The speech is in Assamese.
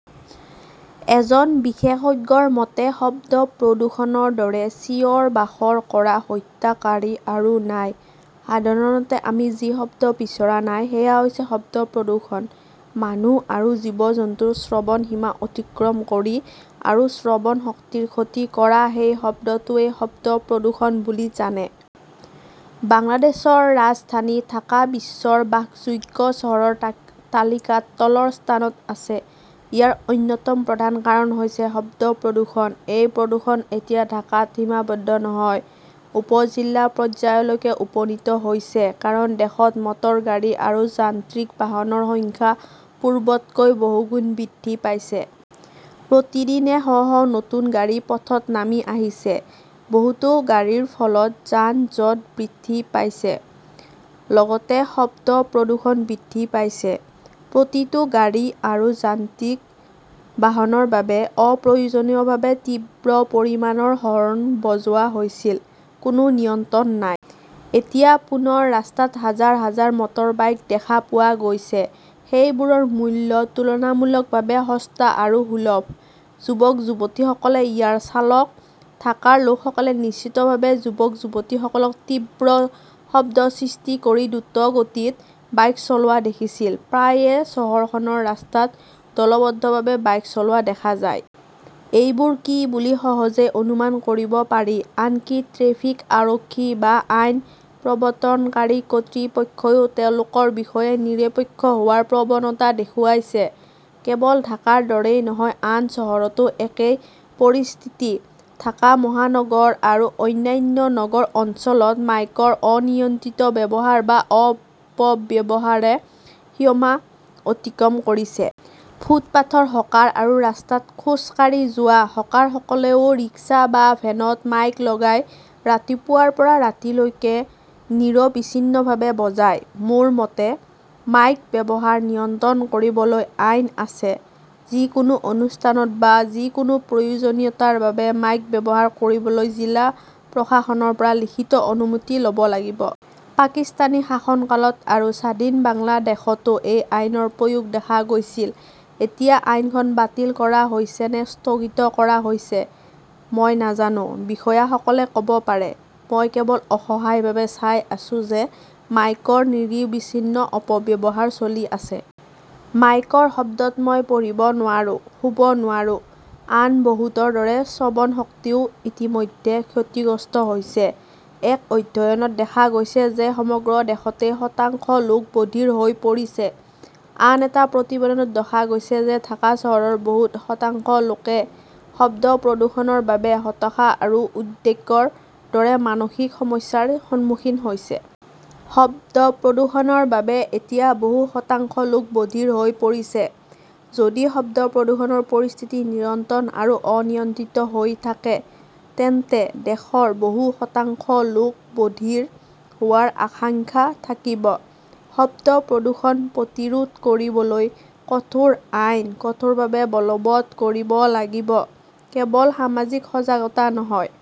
এজন বিশেষজ্ঞৰ মতে-'শব্দ প্ৰদূষণৰ দৰে চিঞৰ-বাখৰ কৰা হত্যাকাৰী আৰু নাই। সাধাৰণতে আমি যি শব্দ বিচৰা নাই সেয়া হৈছে শব্দ প্ৰদূষণ। মানুহ আৰু জীৱ-জন্তুৰ শ্ৰৱণ সীমা অতিক্ৰম কৰি আৰু শ্ৰৱণ শক্তিৰ ক্ষতি কৰা সেই শব্দটোৱেই শব্দ প্ৰদূষণ বুলি জানে। "বাংলাদেশৰ ৰাজধানী ঢাকা বিশ্বৰ বাসযোগ্য চহৰৰ তালিকাত তলৰ স্থানত আছে।"ইয়াৰ অন্যতম প্ৰধান কাৰণ হৈছে শব্দ প্ৰদূষণ। এই প্ৰদূষণ এতিয়া ঢাকাত সীমাবদ্ধ নহয়, উপ-জিলা পৰ্যায়লৈকে উপনীত হৈছে। কাৰণ দেশত মটৰ গাড়ী আৰু যান্ত্ৰিক বাহনৰ সংখ্যা পূৰ্বতকৈ বহুগুণ বৃদ্ধি পাইছে। প্ৰতিদিনে শ শ নতুন গাড়ী পথত নামি আহিছে। বহুতো গাড়ীৰ ফলত যান-জঁট বৃদ্ধি পাইছে, লগতে শব্দ প্ৰদূষণ বৃদ্ধি পাইছে। প্ৰতিটো গাড়ী আৰু যান্ত্ৰিক বাহনৰ বাবে-অপ্ৰয়োজনীয়ভাৱে তীব্ৰ পৰিমাণৰ হৰ্ণ বজোৱা হৈছিল। কোনো নিয়ন্ত্ৰণ নাই। এতিয়া পুনৰ ৰাস্তাত হাজাৰ হাজাৰ মটৰবাইক দেখা পোৱা গৈছে। সেইবোৰৰ মূল্য তুলনামূলকভাৱে সস্তা আৰু সুলভ। যুৱক-যুৱতীসকলে ইয়াৰ চালক। ঢাকাৰ লোকসকলে নিশ্চিতভাৱে যুৱক-যুৱতীসকলক তীব্ৰ শব্দ সৃষ্টি কৰি দ্ৰুতগতিত বাইক চলোৱা দেখিছিল। প্ৰায়ে চহৰখনৰ ৰাস্তাত দলবদ্ধভাৱে বাইক চলোৱা দেখা যায়। এইবোৰ কি বুলি সহজেই অনুমান কৰিব পাৰি। আনকি ট্ৰেফিক আৰক্ষী বা আইন প্ৰৱৰ্তনকাৰী কৰ্তৃপক্ষইও তেওঁলোকৰ বিষয়ে নিৰপেক্ষ হোৱাৰ প্ৰৱণতা দেখুৱাইছে। কেৱল ঢাকাৰ দৰেই নহয়, আন চহৰতো একেই পৰিস্থিতি। ঢাকা মহানগৰ আৰু অন্যান্য নগৰ অঞ্চলত মাইকৰ অনিয়ন্ত্ৰিত ব্যৱহাৰ বা অপব্যৱহাৰ সীমা অতিক্ৰম কৰিছে। ফুটপাতৰ হকাৰ আৰু ৰাস্তাত খোজ কাঢ়ি যোৱা হকাৰসকলেও ৰিক্সা বা ভেনত মাইক লগাই ৰাতিপুৱাৰ পৰা ৰাতি লৈকে নিৰবিচ্ছিন্নভাৱে বজায়। মোৰ মতে, মাইক ব্যৱহাৰ নিয়ন্ত্ৰণ কৰিবলৈ আইন আছে। যিকোনো অনুষ্ঠানত বা যিকোনো প্ৰয়োজনীয়তাৰ বাবে মাইক ব্যৱহাৰ কৰিবলৈ জিলা প্ৰশাসকৰ পৰা লিখিত অনুমতি ল'ব লাগিব। পাকিস্তানী শাসনকালত আৰু স্বাধীন বাংলাদেশতো এই আইনৰ প্ৰয়োগ দেখা গৈছিল। এতিয়া আইনখন বাতিল কৰা হৈছে নে স্থগিত কৰা হৈছে? মই নাজানো। বিষয়াসকলে ক'ব পাৰে। মই কেৱল অসহায়ভাৱে চাই আছো যে মাইকৰ নিৰবিচ্ছিন্ন অপব্যৱহাৰ চলি আছে। মাইকৰ শব্দত মই পঢ়িব নোৱাৰোঁ, শুব নোৱাৰোঁ। আন বহুতৰ দৰে শ্ৰৱণশক্তিও ইতিমধ্যে ক্ষতিগ্ৰস্ত হৈছে। এক অধ্যয়নত দেখা গৈছে যে সমগ্ৰ দেশতে শতাংশ লোক বধিৰ হৈ পৰিছে। আন এটা প্ৰতিবেদনত দেখা গৈছে যে ঢাকা চহৰৰ বহু শতাংশ লোকে শব্দ প্ৰদূষণৰ বাবে হতাশা আৰু উদ্বেগৰ দৰে মানসিক সমস্যাৰ সন্মুখীন হৈছে। শব্দ প্ৰদূষণৰ বাবে এতিয়া বহু শতাংশ লোক বধিৰ হৈ পৰিছে। যদি শব্দ প্ৰদূষণৰ পৰিস্থিতি নিৰন্তৰ আৰু অনিয়ন্ত্ৰিত হৈ থাকে, তেন্তে দেশৰ বহু শতাংশ লোক বধিৰ হোৱাৰ আশংকা থাকিব। শব্দ প্ৰদূষণ প্ৰতিৰোধ কৰিবলৈ কঠোৰ আইন কঠোৰভাৱে বলৱৎ কৰিব লাগিব, কেৱল সামাজিক সজাগতা নহয়।